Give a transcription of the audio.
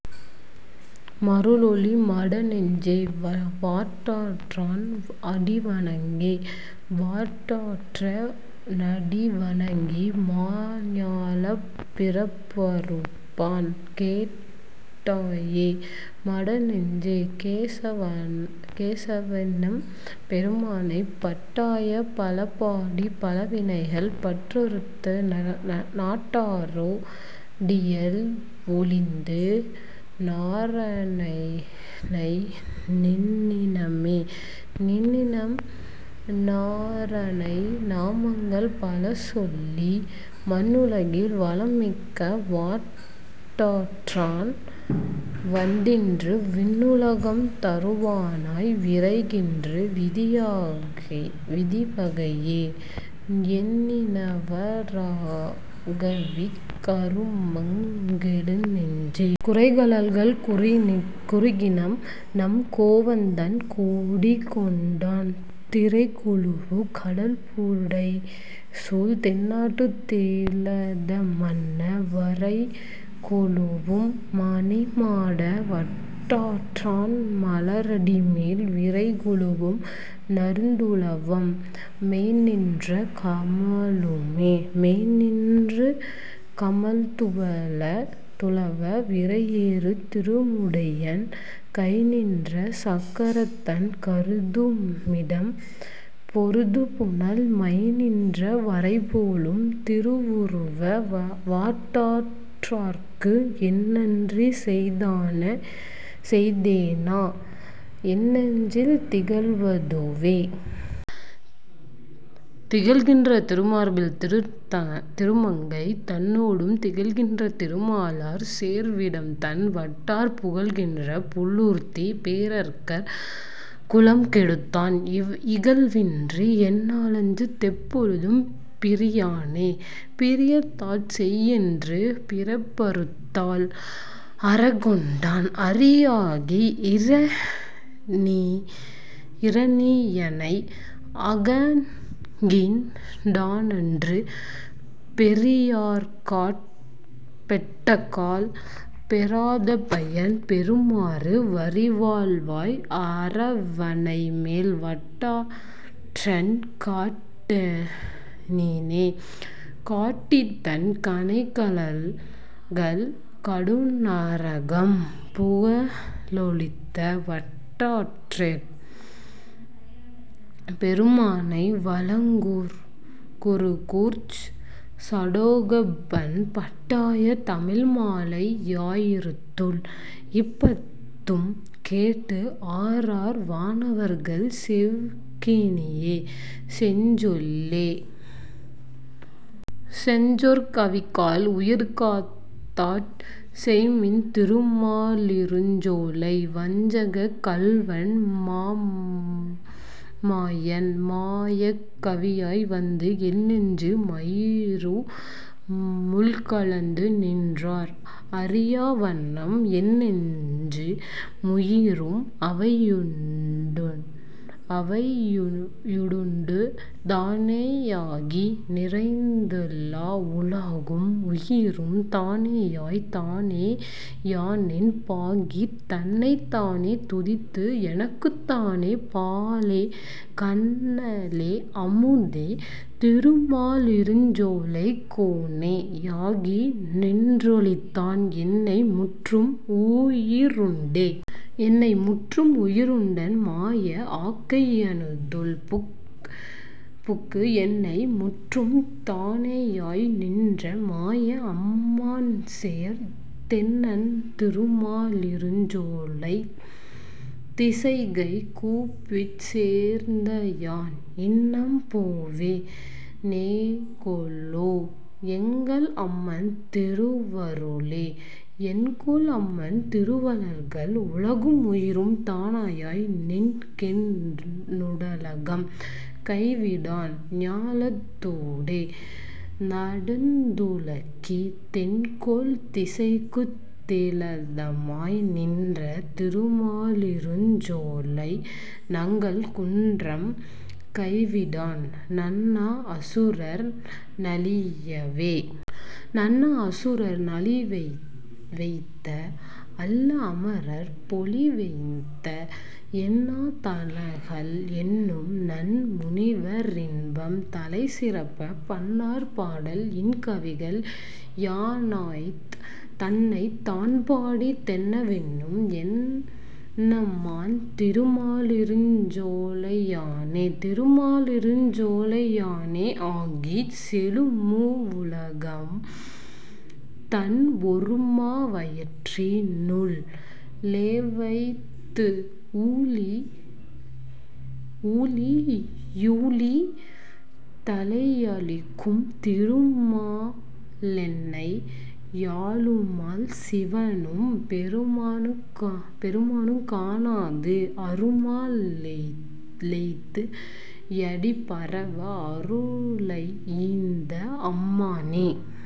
மருளொழிநீ மடநெஞ்சே. வாட்டாற்றான் அடிவணங்கே.. வாட்டாற்றா னடிவணங்கி மாஞாலப் பிறப்பறுப்பான் கேட்டாயே மடநெஞ்சே. கேசவனெம் பெருமானை பாட்டாய பலபாடிப் பழவினைகள் பற்றறுத்து நாட்டாரோ டியல்வொழிந்து நாரணனை நண்ணினமே.. நண்ணினம் நாரணனை நாமங்கள் பலசொல்லி மண்ணுலகில் வளம்மிக்க வாட்டாற்றான் வந்தின்று விண்ணுலகம் தருவானாய் விரைகின்றான் விதிவகையே எண்ணினவா றாகாவிக் கருமங்க ளென்னெஞ்சே.. குரைகழல்கள் குறுகினம் நம் கேவிந்தன் கொடிகொண்டான் திரைகுழுவு கடல்புடைசூழ் தென்னாட்டுத் திலதமன்ன வரைகுழுவும் மணிமாட வாட்டாற்றான் மலரடிமேல் விரைகுழுவும் நறுந்துளவம் மெய்ந்நின்று கமழுமே.. மெய்ந்நின்று கமழ்துளவ விரையேறு திருமுடியன் கைந்நின்ற சக்கரத்தன் கருதுமிடம் பொருதுபுனல் மைந்நின்ற வரைபோலும் திருவுருவ வாட்டாற்றாற்கு எந்நன்றி செய்தேனா என்னெஞ்சில் திகழவதுவே?. திகழ்கின்ற திருமார்பில் திருமங்கை தன்னோடும் திகழ்கின்ற திருமாலார் சேர்விடம்தண் வாட்டாறு புகழ்கின்ற புள்ளூர்தி போரரக்கர் குலம்கெடுத்தான் இகழ்வின்றி என்னெஞ்சத் தெப்பொழுதும் பிரியானே.. பிரியாதாட் செய்யென்று பிறப்பறுத்தாள் அறக்கொண்டான் அரியாகி இரணியனை ஆகங்கீண் டானன்று பெரியார்க்காட் பட்டக்கால் பெறாதபயன் பெறுமாறு வரிவாள்வாய் அரவணைமேல் வாட்டாற்றான் காட்டினனே.. காட்டித்தன் கனைகழல்கள் கடுநரகம் புகலொழித்த வாட்டாற்றெம் பெருமானை வளங்குருகூர்ச் சடகோபன் பாட்டாய தமிழ்மாலை யாயிரத்துள் இப்பத்தும் கேட்டு ஆரார் வானவர்கள் செவிக்கினிய செஞ்சொல்லே. செங்சொற் கவிகாள். உயிர்காத்தாட் செய்மின் திருமா லிருஞ்சோலை வஞ்சக் கள்வன் மாமாயன் மாயக் கவியாய் வந்து என் நெஞ்சு முயிரு முள்கலந்து நின்றார் அறியா வண்ணம் என் நெஞ்சு முயிரும் அவைடுண்டு தானே யாகி நிறைந்தெல்லா உலகும் உயிரும் தானேயாய் தானே யானென் பானாகித் தன்னைத் தானே துதித்து எனக்குத் தேனே பாலே கன்னலே அமுதே திருமாலிருஞ்சோலை கோனே யாகி நின்றொழிந்தான் என்னை முற்றும் உயிருண்டே.. என்னை முற்றும் உயிருண்டென் மாய ஆக்கை யிதனுள்புக்கு என்னை முற்றும் தானேயாய் நின்ற மாய அம்மான் சேர் தென்னன் திருமா லிருஞ்சோலைத் திசைகை கூப்பிச் தேர்ந்தயான் இன்னம் போவே னேகொலோ. எங்கொல் அம்மான் திருவருளே?. என்கொல் அம்மான் திருவருள்கள்? உலகும் உயிரும் தானேயாய் நன்கென் னுடலம் கைவிடான் ஞாலத் தூடே நடந்துழக்கி தென்கொள் திசைக்குத் திலதமாய் நின்ற திருமாலிருஞ்சோலை நங்கள் குன்றம் கைவிடான் நண்ணா அசுரர் நலியவே.. நண்ணா அசுரர் நலிவெய்த நல்ல அமரர் பொலிவெய்த எண்ணா தனகள் எண்ணும்நன் முனிவ ரின்பம் தலைசிறப்ப பண்ணார் பாடல் இன்கவிகள் யானாய்த் தன்னைத் தான்பாடி தென்னா வென்னும் என்னம்மான் திருமாலிருஞ்சோலையானே.. திருமாலிருஞ்சோலையானே ஆகிச் செழுமூ வுலகும் தன் ஒருமா வயிற்றி னுள்ளேவைத்து ஊழி யூழி தலையளிக்கும் திருமாலென்னை யாளுமால் சிவனும் பிரமனும்காணாது அருமா லெய்தி யடிபரவ அருளை யீந்த அம்மானே..